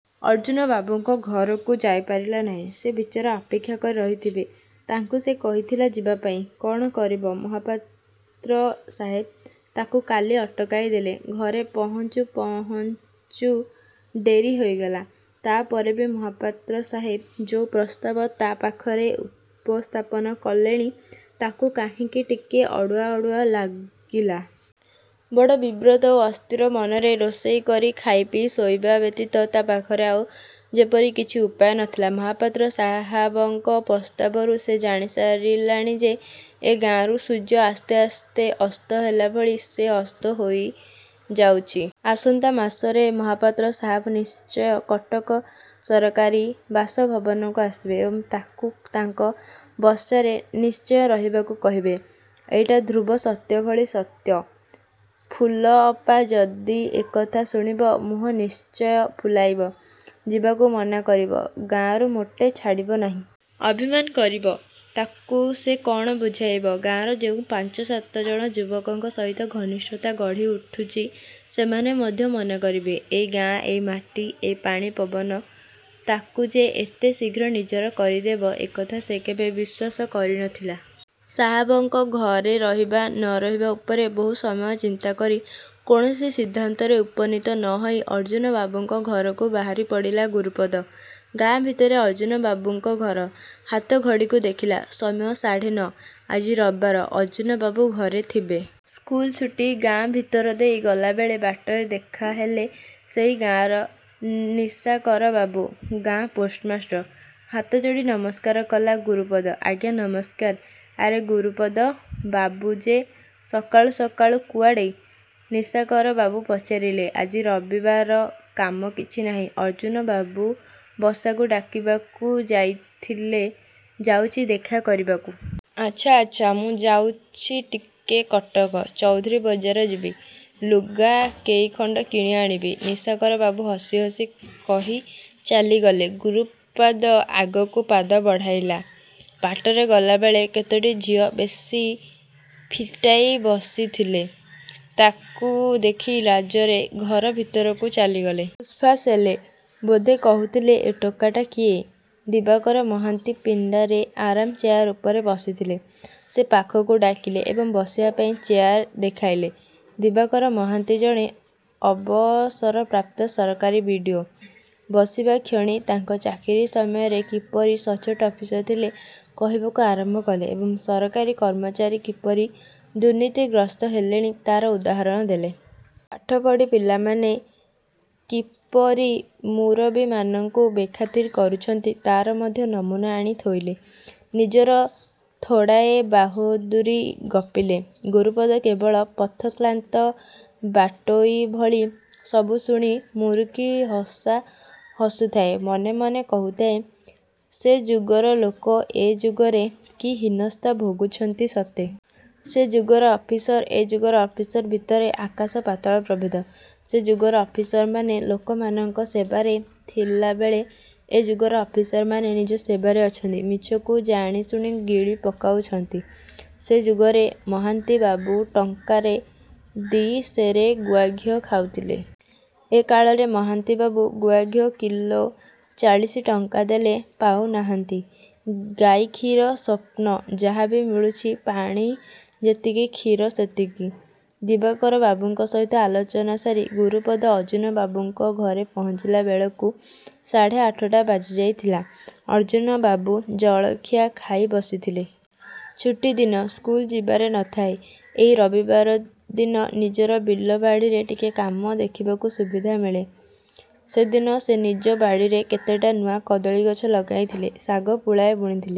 ଅର୍ଜ୍ଜୁନବାବୁଙ୍କ ଘରକୁ ଯାଇପାରିଲା ନାହିଁ। ସେ ବିଚରା ଅପେକ୍ଷା କରି ରହିଥିବେ। ତାଙ୍କୁ ସେ କହିଥିଲା ଯିବାପାଇଁ, କ'ଣ କରିବ ମହାପାତ୍ର ସାହେବ ତା'କୁ କାଲି ଅଟକାଇ ଦେଲେ। ଘରେ ପହଞ୍ଚୁ ପହଞ୍ଚୁ ଡେରି ହୋଇଗଲା। ତା' ପରେ ବି ମହାପାତ୍ର ସାହାବ ଯୋଉଁ ପ୍ରସ୍ତାବ ତା' ପାଖରେ ଉପସ୍ଥାପନ କଲେଣି ତା'କୁ କାହିଁକି ଟିକେ ଅଡ଼ୁଆ ଅଡ଼ୁଆ ଲାଗିଲା। ବଡ଼ ବିବ୍ରତ ଓ ଅସ୍ଥିର ମନରେ ରୋଷଇ କରି ଖାଇପିଇ ଶୋଇବା ବ୍ୟତୀତ ତା' ପାଖରେ ଆଉ ଯେପରି କିଛି ଉପାୟ ନ ଥିଲା। ମହାପାତ୍ର ସାହାବଙ୍କ ପ୍ରସ୍ତାବରୁ ସେ ଜାଣିସାରିଲାଣି ଯେ, ଏ ଗାଁରୁ ସୂର୍ଯ୍ୟ ଆସ୍ତେ ଆସ୍ତେ ଅସ୍ତ ହେଲା ଭଳି ସେ ଅସ୍ତ ହୋଇଯାଉଛି। ଆସନ୍ତା ମାସରେ ମହାପାତ୍ର ସାହାବ ନିଶ୍ଚୟ କଟକ ସରକାରୀ ବାସଭବନକୁ ଆସିବେ ଏବଂ ତା'କୁ ତାଙ୍କ ବସାରେ ନିଶ୍ଚୟ ରହିବାକୁ କହିବେ। ଏଇଟା ଧ୍ରୁବ ସତ୍ୟ ଭଳି ସତ୍ୟ। ଫୁଲଅପା ଯଦି ଏକଥା ଶୁଣିବ ମୁହଁ ନିଶ୍ଚୟ ଫୁଲାଇବ। ଯିବାକୁ ମନା କରିବ। ଗାଁରୁ ମୋଟେ ଛାଡ଼ିବ ନାହିଁ। ଅଭିମାନ କରିବ। ତା'କୁ ସେ କ'ଣ ବୁଝାଇବ? ଗାଁର ଯେଉଁ ପାଞ୍ଚ ସାତ ଜଣ ଯୁବକଙ୍କ ସହିତ ଘନିଷ୍ଠତା ଗଢ଼ି ଉଠୁଛି, ସେମାନେ ମଧ୍ୟ ମନା କରିବେ। ଏଇ ଗାଁ; ଏଇ ମାଟି, ଏଇ ପାଣି ପବନ ତା'କୁ ଯେ ଏତେ ଶୀଘ୍ର ନିଜର କରିଦେବ; ଏକଥା ସେ କେବେ ବିଶ୍ୱାସ କରି ନ ଥିଲା। ସାହାବଙ୍କ ଘରେ ରହିବା ନ ରହିବା ଉପରେ ବହୁ ସମୟ ଚିନ୍ତା କରି କୌଣସି ସିଦ୍ଧାନ୍ତରେ ଉପନୀତ ନ ହୋଇ ଅର୍ଜ୍ଜୁନବାବୁଙ୍କ ଘରକୁ ବାହାରି ପଡ଼ିଲା ଗୁରୁପଦ। ଗାଁ ଭିତରେ ଅର୍ଜ୍ଜୁନବାବୁଙ୍କ ଘର। ହାତ ଘଡ଼ିକୁ ଦେଖିଲା, ସମୟ ସାଢ଼େ ନଅ। ଆଜି ରବିବାର, ଅର୍ଜ୍ଜୁନବାବୁ ଘରେ ଥିବେ। ସ୍କୁଲ ଛୁଟି। ଗାଁ ଭିତରଦେଇ ଗଲାବେଳେ ବାଟରେ ଦେଖାହେଲେ ସେହି ଗାଁର ନିଶାକରବାବୁ। ଗାଁ ପୋଷ୍ଟମାଷ୍ଟର। ହାତଯୋଡ଼ି ନମସ୍କାର କଲା ଗୁରୁପଦ। ଆଜ୍ଞା ନମସ୍କାର! ଆରେ ଗୁରୁପଦ ବାବୁ ଯେ! ସକାଳୁ ସକାଳୁ କୁଆଡ଼େ? ନିଶାକରବାବୁ ପଚାରିଲେ! ଆଜି ରବିବାର କାମ କିଛି ନାହିଁ। ଅର୍ଜ୍ଜୁନବାବୁ ବସାକୁ ଡାକିବାକୁ ଯାଇଥିଲେ, ଯାଉଛି ଦେଖା କରିବାକୁ। ଆଚ୍ଛା ଆଚ୍ଛା। ମୁଁ ଯାଉଛି ଟିକେ କଟକ, ଚୌଧୁରୀ ବଜାର ଯିବି। ଲୁଗା କେଇଖଣ୍ଡ କିଣି ଆଣିବି, ନିଶାକରବାବୁ ହସି ହସି କହି ଚାଲିଗଲେ। ଗୁରୁପାଦ ଆଗକୁ ପାଦ ବଢ଼ାଇଲା। ବାଟରେ ଗଲାବେଳେ କେତୋଟି ଝିଅ ବେଣୀ ଫିଟାଇ ବସିଥିଲେ। ତା'କୁ ଦେଖି ଲାଜରେ ଘର ଭିତରକୁ ଚାଲିଗଲେ। ଫୁସ୍ଫାସ୍ ହେଲେ; ବୋଧେ କହୁଥିଲେ ଏ ଟୋକାଟା କିଏ? ଦିବାକର ମହାନ୍ତି ପିଣ୍ଡାରେ ଆରାମ୍ ଚେୟାର ଉପରେ ବସିଥିଲେ। ସେ ପାଖକୁ ଡାକିଲେ ଏବଂ ବସିବା ପାଇଁ ଚେୟାର୍ ଦେଖାଇଲେ। ଦିବାକର ମହାନ୍ତି ଜଣେ ଅବସରପ୍ରାପ୍ତ ସରକାରୀ ବିଡ଼ିଓ। ବସିବାକ୍ଷଣି ତାଙ୍କ ଚାକିରି ସମୟରେ କିପରି ସଚୋଟ ଅଫିସର ଥିଲେ କହିବାକୁ ଆରମ୍ଭ କଲେ ଏବଂ ସରକାରୀ କର୍ମଚାରୀ କିପରି ଦୁର୍ନୀତିଗ୍ରସ୍ତ ହେଲେଣି ତା'ର ଉଦାହରଣ ଦେଲେ। ପାଠ ପଢ଼ି ପିଲାମାନେ କିପରିୁ ମୁରବୀମାନଙ୍କୁ ବେଖାତିର କରୁଛନ୍ତି ତା'ର ମଧ୍ୟ ନମୁନା ଆଣି ଥୋଇଲେ। ନିଜର ଥୋଡ଼ାଏ ବାହାଦୂରୀ ଗପିଲେ। ଗୁରୁପଦ କେବଳ ପଥକ୍ଳାନ୍ତ ବାଟୋଇ ଭଳି ସବୁ ଶୁଣି ମୁରୁକି ହସା ହସୁଥାଏ। ମନେ ମନେ କହୁଥାଏ, ସେ ଯୁଗର ଲୋକ ଏ ଯୁଗରେ କି ହୀନସ୍ତା ଭୋଗୁଛନ୍ତି ସତେ? ସେ ଯୁଗର ଅଫିସର ଏ ଯୁଗର ଅଫିସର ଭିତରେ ଆକାଶ ପାତାଳ ପ୍ରଭେଦ। ସେ ଯୁଗର ଅଫିସରମାନେ ଲୋକମାନଙ୍କ ସେବାରେ ଥିଲାବେଳେ, ଏ ଯୁଗର ଅଫିସରମାନେ ନିଜ ସେବାରେ ଅଛନ୍ତି। ମିଛକୁ ଜାଣି ଶୁଣି ଗିଳି ପକାଉଛନ୍ତି। ସେ ଯୁଗରେ ମହାନ୍ତିବାବୁ ଟଙ୍କାରେ ଦି'ସେରେ ଗୁଆଘିଅ ଖାଉଥିଲେ। ଏ କାଳରେ ମହାନ୍ତିବାବୁ ଗୁଆଘିଅ କିଲୋ ଚାଳିଶି ଟଙ୍କା ଦେଲେ ପାଉନାହାନ୍ତି। ଗାଈ କ୍ଷୀର ସ୍ୱପ୍ନ। ଯାହା ବି ମିଳୁଛି ପାଣି ଯେତିକି କ୍ଷୀର ସେତିକି। ଦିବାକରବାବୁଙ୍କ ସହିତ ଆଲୋଚନା ସାରି ଗୁରୁପଦ ଅର୍ଜ୍ଜୁନବାବୁଙ୍କ ଘରେ ପହଞ୍ଚିଲାବେଳକୁ ସାଢ଼େ ଆଠଟା ବାଜିଯାଇଥିଲା। ଅର୍ଜ୍ଜୁନବାବୁ ଜଳଖିଆ ଖାଇ ବସିଥିଲେ। ଛୁଟିଦିନ ସ୍କୁଲଯିବାରେ ନ ଥାଏ। ଏଇ ରବିବାର ଦିନ ନିଜର ବିଲ ବାଡ଼ିରେ ଟିକେ କାମ ଦେଖିବାକୁ ସୁବିଧା ମିଳେ। ସେଦିନ ସେ ନିଜ ବାଡ଼ିରେ କେତେଟା ନୂଆ କଦଳୀ ଗଛ ଲଗାଇ ଥିଲେ। ଶାଗ ପୁଳାଏ ବୁଣିଥିଲେ।